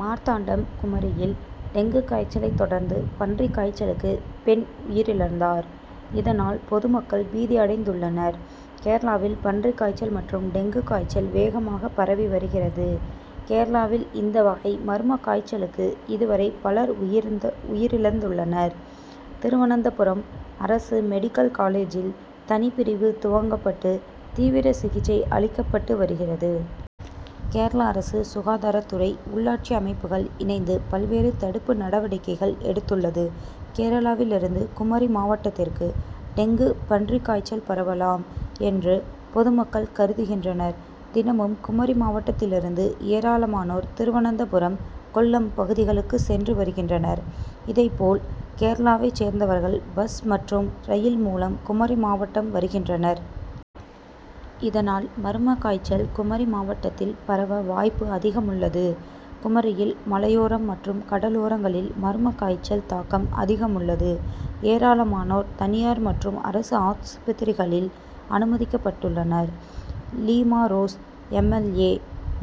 மார்த்தாண்டம் குமரியில் டெங்கு காய்ச்சலை தொடர்ந்து பன்றி காய்ச்சலுக்கு பெண் உயிரிழந்தார். இதனால் பொதுமக்கள் பீதியடைந்துள்ளனர். கேரளாவில் பன்றி காய்ச்சல் மற்றும் டெங்கு காய்ச்சல் வேகமாக பரவி வருகிறது. கேரளாவில் இந்த வகை மர்ம காய்ச்சல்களுக்கு இதுவரை பலர் உயிரிழந்துள்ளனர். திருவனந்தபுரம் அரசு மெடிக்கல் காலேஜில் தனிப்பிரிவு துவக்கப்பட்டு தீவிர சிகிச்சை அளிக்கப்பட்டு வருகிறது. கேரள அரசு, சுகாதாரத்துறை, உள்ளாட்சி அமைப்புகள் இணைந்து பல்வேறு தடுப்பு நடவடிக்கைகள் எடுத்துள்ளது. கேரளாவில் இருந்து குமரி மாவட்டத்திற்கு டெங்கு, பன்றி காய்ச்சல் பரவலாம் என்று பொதுமக்கள் கருதுகின்றனர். தினமும் குமரி மாவட்டத்தில் இருந்து ஏராளமானோர் திருவனந்தபுரம், கொல்லம் பகுதிகளுக்கு சென்று வருகின்றனர். இதை போல் கேரளாவை சேர்ந்தவர்கள் பஸ் மற்றும் ரயில் மூலம் குமரி மாவட்டம் வருகின்றனர். இதனால் மர்ம காய்ச்சல் குமரி மாவட்டத்தில் பரவ வாய்ப்பு அதிகமுள்ளது. குமரியில் மலையோரம் மற்றும் கடலோரங்களில் மர்ம காய்ச்சல் தாக்கம் அதிகமுள்ளது. ஏராளமானோர் தனியார் மற்றும் அரசு ஆஸ்பத்திரிகளில் அனுமதிக்கப்பட்டுள்ளனர். லீமாறோஸ் எம். எல். ஏ.,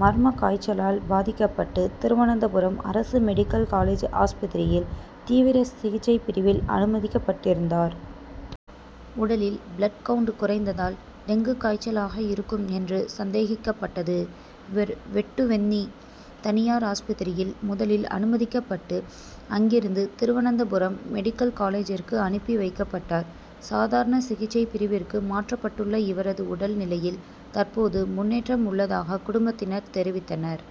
மர்ம காய்ச்சலால் பாதிக்கப்பட்டு திருவனந்தபுரம் அரசு மெடிக்கல் காலேஜ் ஆஸ்பத்திரியில் தீவிர சிகிச்சை பிரிவில் அனுமதிக்கப்பட்டிருந்தார். உடலில் பிளட் கவுண்ட் குறைந்ததால் டெங்கு காய்ச்சலாக இருக்கும் என்று சந்தேகிக்கப்பட்டது. இவர் வெட்டுவெந்நி தனியார் ஆஸ்பத்திரியில் முதலில் அனுமதிக்கப்பட்டு, அங்கிருந்து திருவனந்தபுரம் மெடிக்கல் காலேஜிற்கு அனுப்பி வைக்கப்பட்டார். சாதாரண சிகிச்சை பிரிவிற்கு மாற்றப்பட்டுள்ள இவரது உடல் நிலையில் தற்பொழுது முன்னேற்றம் உள்ளதாக குடும்பத்தினர் தெரிவித்தனர்.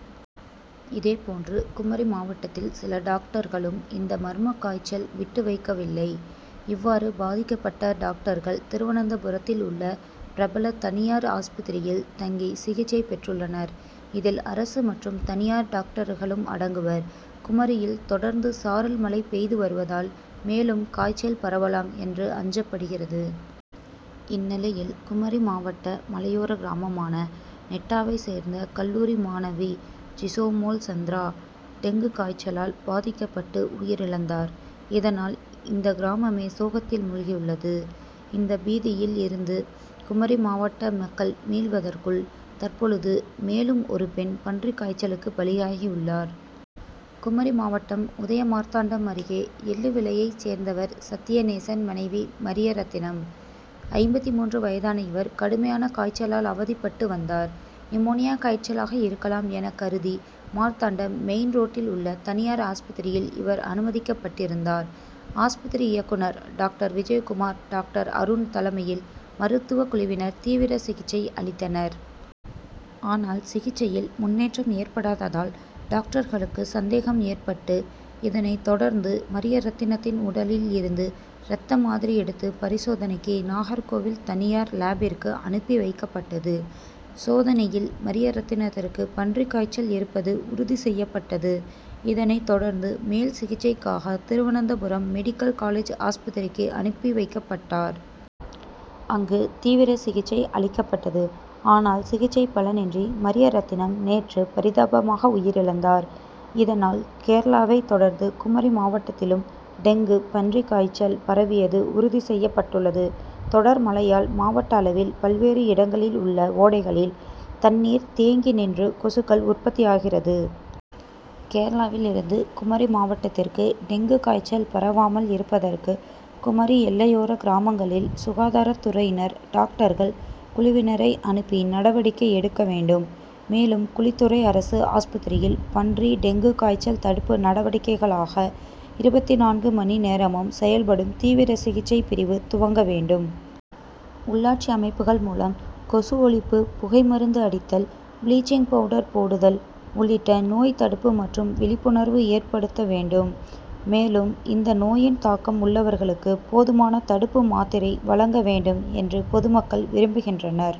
இதேப்போன்று குமரி மாவட்டத்தில் சில டாக்டர்களையும் இந்த மர்ம காய்ச்சல் விட்டு வைக்கவில்லை. இவ்வாறு பாதிக்கப்பட்ட டாக்டர்கள் திருவனந்தபுரத்தில் உள்ள பிரபல தனியார் ஆஸ்பத்திரியில் தங்கி சிகிச்சை பெற்றுள்ளனர். இதில் அரசு மற்றும் தனியார் டாக்டர்களும் அடங்குவர். குமரியில் தொடர்ந்து சாரல் மழை பெய்து வருவதால் மேலும் காய்ச்சல் பரவலாம் என்று அஞ்சப்படுகிறது. இந்நிலையில் குமரி மாவட்ட மலையோர கிராமமான நெட்டாவை சேர்ந்த கல்லூரி மாணவி ஜிசாமோள்சந்திரா டெங்கு காய்ச்சலால் பாதிக்கப்பட்டு உயிரிழந்தார். இதனால் இந்த கிராமமே சோகத்தில் முழ்கியுள்ளது. இந்த பீதியில் இருந்து குமரி மாவட்ட மக்கள் மீள்வதற்குள் தற்பொழுது மேலும் ஒரு பெண் பன்றி காய்ச்சலுக்கு பலியாகியுள்ளார். குமரி மாவட்டம், உதயமார்த்தாண்டம் அருகே எள்ளுவிளையை சேர்ந்தவர் சத்தியநேசன் மனைவி மரியரத்தினம். ஐம்பத்து மூன்று வயதான இவர் கடுமையான காய்ச்சலால் அவதிப்பட்டு வந்தார். நிமோனியா காய்ச்சலாக இருக்கலாம் என கருதி மார்த்தாண்டம் மெயின் ரோட்டில் உள்ள தனியார் ஆஸ்பத்திரியில் இவர் அனுமதிக்கப்பட்டிருந்தார். ஆஸ்பத்திரி இயக்குனர் டாக்டர் விஜயகுமார், டாக்டர் அருண் தலைமையில் மருத்துவ குழுவினர் தீவிர சிகிச்சை அளித்தனர். ஆனால் சிகிச்சையில் முன்னேற்றம் ஏற்படாததால் டாக்டர்களுக்கு சந்தேகம் ஏற்பட்டது. இதனை தொடர்ந்து மரியரத்தினத்தின் உடலில் இருந்து ரத்த மாதிரி எடுத்து பரிசோதனைக்கு நாகர்கோவில் தனியார் லேப்பிற்கு அனுப்பி வைக்கப்பட்டது. சோதனையில் மரியரத்தினத்திற்கு பன்றி காய்ச்சல் இருப்பது உறுதி செய்யப்பட்டது. இதனை தொடர்ந்து மேல் சிகிச்சைக்காக திருவனந்தபுரம் மெடிக்கல் காலேஜ் ஆஸ்பத்திரிக்கு அனுப்பி வைக்கப்பட்டார். அங்கு தீவிர சிகிச்சை அளிக்கப்பட்டது. ஆனால் சிகிச்சை பலனின்றி மரியரத்தினம் நேற்று பரிதாபமாக உயிரிழந்தார். இதனால் கேரளாவை தொடர்ந்து குமரி மாவட்டத்திலும் டெங்கு, பன்றி காய்ச்சல் பரவுவது உறுதி செய்யப்பட்டுள்ளது. தொடர் மழையால் மாவட்ட அளவில் பல்வேறு இடங்களில் உள்ள ஓடைகளில் தண்ணீர் தேங்கி நின்று கொசுக்கள் உற்பத்தியாகிறது. கேரளாவில் இருந்து குமரி மாவட்டத்திற்கு டெங்கு காய்ச்சல் பரவாமல் இருப்பதற்கு குமரி எல்லையோர கிராமங்களில் சுகாதாரத்துறையினர் டாக்டர்கள் குழுவினரை அனுப்பி நடவடிக்கை எடுக்க வேண்டும். மேலும் குழித்துறை அரசு ஆஸ்பத்திரியில் பன்றி, டெங்கு காய்ச்சல் தடுப்பு நடவடிக்கைக்காக இருபத்து நான்கு மணி நேரமும் செயல்படும் தீவிர சிகிச்சை பிரிவு துவக்க வேண்டும். உள்ளாட்சி அமைப்புகள் மூலம் கொசு ஒழிப்பு புகைமருந்து அடித்தல், பிளீச்சிங் பவுடர் போடுதல் உள்ளிட்ட நோய் தடுப்பு மற்றும் விழிப்புணர்வு ஏற்படுத்த வேண்டும். மேலும் இந்த நோயின் தாக்கம் உள்ளவர்களுக்கு போதுமான தடுப்பு மாத்திரை வழங்க வேண்டும் என்று பொதுமக்கள் விரும்புகின்றனர்.